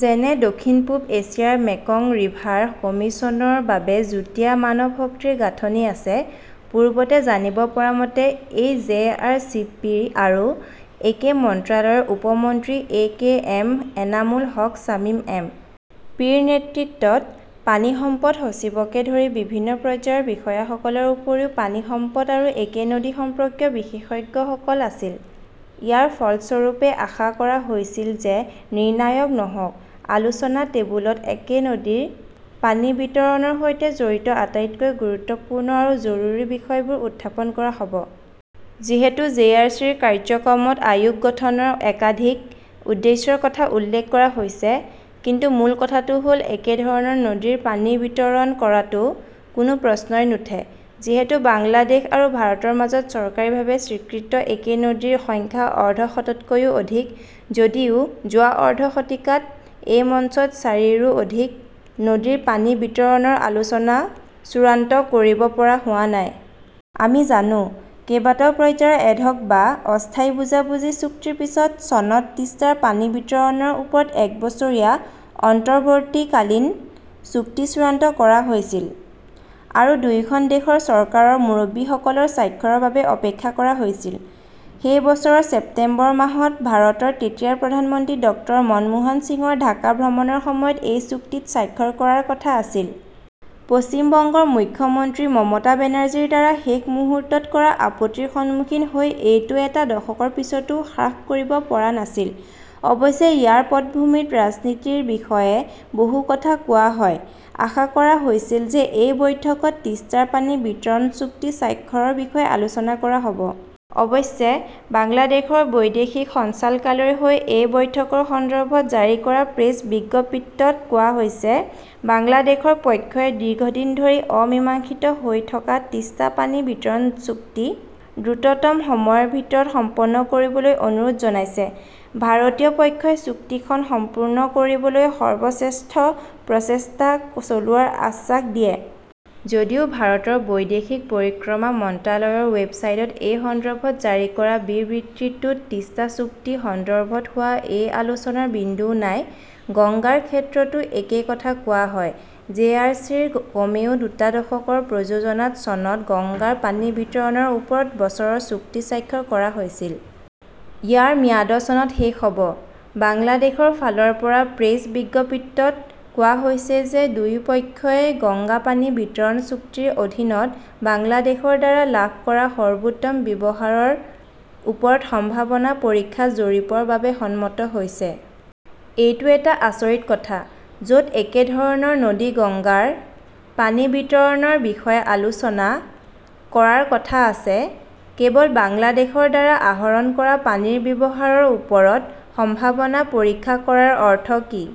যেনে দক্ষিণ পূব এছিয়াৰ মেকং ৰিভাৰ কমিছনৰ বাবে যুটীয়া মানৱশক্তিৰ গাঁথনি আছে। পূৰ্বতে জানিব পৰা মতে, এই জে. আৰ. চি. পি. আৰু একে মন্ত্ৰালয়ৰ উপ মন্ত্ৰী A. K. M. Enamul Haque Shamim M. P. ৰ নেতৃত্বত, পানী সম্পদ সচিবকে ধৰি বিভিন্ন পৰ্যায়ৰ বিষয়াসকলৰ উপৰিও পানী সম্পদ আৰু একে নদী সম্পৰ্কীয় বিশেষজ্ঞসকল আছিল। ইয়াৰ ফলস্বৰূপে আশা কৰা হৈছিল যে নিৰ্ণায়ক নহওঁক, আলোচনা টেবুলত একে নদীৰ পানী বিতৰণৰ সৈতে জড়িত আটাইতকৈ গুৰুত্বপূৰ্ণ আৰু জৰুৰী বিষয়বোৰ উত্থাপন কৰা হ 'ব। যিহেতু জে. আৰ. চি. ৰ কাৰ্যক্ৰমত আয়োগ গঠনৰ একাধিক উদ্দেশ্যৰ কথা উল্লেখ কৰা হৈছে, কিন্তু মূল কথাটো হ’ল একেধৰণৰ নদীৰ পানী বিতৰণ কৰাটো কোনো প্ৰশ্নই নুঠে। যিহেতু বাংলাদেশ আৰু ভাৰতৰ মাজত চৰকাৰীভাৱে স্বীকৃত একে নদীৰ সংখ্যা অৰ্ধশততকৈও অধিক যদিও যোৱা অৰ্ধ শতিকাত এই মঞ্চত চাৰিৰো অধিক নদীৰ পানী বিতৰণৰ আলোচনা চূড়ান্ত কৰিব পৰা হোৱা নাই। আমি জানো, কেইবাটাও পৰ্যায়ৰ এডহক "বা অস্থায়ী বুজাবুজি চুক্তিৰ পিছত চনত তিষ্টাৰ পানী বিতৰণৰ ওপৰত এক বছৰীয়া' অন্তৱৰ্তীকালীন" চুক্তি চূড়ান্ত কৰা হৈছিল আৰু দুয়োখন দেশৰ চৰকাৰৰ মুৰব্বীসকলৰ স্বাক্ষৰৰ বাবে অপেক্ষা কৰা হৈছিল। সেই বছৰৰ ছেপ্টেম্বৰ মাহত ভাৰতৰ তেতিয়াৰ প্ৰধানমন্ত্ৰী ডক্টৰ মনমোহন সিঙৰ ঢাকা ভ্ৰমণৰ সময়ত এই চুক্তিত স্বাক্ষৰ কৰাৰ কথা আছিল। পশ্চিম বংগৰ মুখ্যমন্ত্ৰী মমতা বেনাৰ্জীৰ দ্বাৰা শেষ মুহূৰ্তত কৰা আপত্তিৰ সন্মুখীন হৈ এইটো এটা দশকৰ পিছতো হ্ৰাস কৰিব পৰা নাছিল। অৱশ্যে ইয়াৰ পটভূমিত ৰাজনীতি ৰ বিষয়ে বহু কথা কোৱা হয়। আশা কৰা হৈছিল যে এই বৈঠকত তিষ্টাৰ পানী বিতৰণ চুক্তি স্বাক্ষৰৰ বিষয়ে আলোচনা কৰা হ 'ব। অৱশ্যে, বাংলাদেশৰ বৈদেশিক সঞ্চালকালয়ৰ হৈ এই বৈঠকৰ সন্দৰ্ভত জাৰি কৰা প্ৰেছ বিজ্ঞপ্তিত কোৱা হৈছে-'বাংলাদেশৰ পক্ষই দীৰ্ঘদিন ধৰি অমীমাংসিত হৈ থকা তিষ্টা পানী বিতৰণ চুক্তি দ্ৰুততম সময়ৰ ভিতৰত সম্পন্ন কৰিবলৈ অনুৰোধ জনাইছে। ভাৰতীয় পক্ষই চুক্তিখন সম্পূৰ্ণ কৰিবলৈ সৰ্বশ্ৰেষ্ঠ প্ৰচেষ্টা চলোৱাৰ আশ্বাস দিয়ে। যদিও ভাৰতৰ বৈদেশিক পৰিক্ৰমা মন্ত্ৰালয়ৰ ৱেবছাইটত এই সন্দৰ্ভত জাৰি কৰা বিবৃতিটোত তিষ্টা চুক্তি সন্দৰ্ভত হোৱা এই আলোচনাৰ বিন্দুও নাই। গংগাৰ ক্ষেত্ৰতো একেই কথা কোৱা হয়। জে. আৰ. চি. ৰ কমেও দুটা দশকৰ প্ৰযোজনাত চনত গংগাৰ পানী বিতৰণৰ ওপৰত বছৰৰ চুক্তি স্বাক্ষৰ কৰা হৈছিল। ইয়াৰ ম্যাদ চনত শেষ হ 'ব। বাংলাদেশৰ ফালৰ পৰা প্ৰেছ বিজ্ঞপ্তিত কোৱা হৈছে যে 'দুয়োপক্ষই গংগা পানী বিতৰণ চুক্তিৰ অধীনত বাংলাদেশৰ দ্বাৰা লাভ কৰা সৰ্বোত্তম ব্যৱহাৰৰ ওপৰত সম্ভাৱনা পৰীক্ষা জৰীপৰ বাবে সন্মত হৈছে। এইটো এটা আচৰিত কথা। য 'ত একেধৰণৰ নদী গংগাৰ পানী বিতৰণৰ বিষয়ে আলোচনা কৰাৰ কথা আছে, কেৱল বাংলাদেশৰ দ্বাৰা আহৰণ কৰা পানীৰ ব্যৱহাৰৰ ওপৰত সম্ভাৱনা পৰীক্ষা কৰাৰ অৰ্থ কি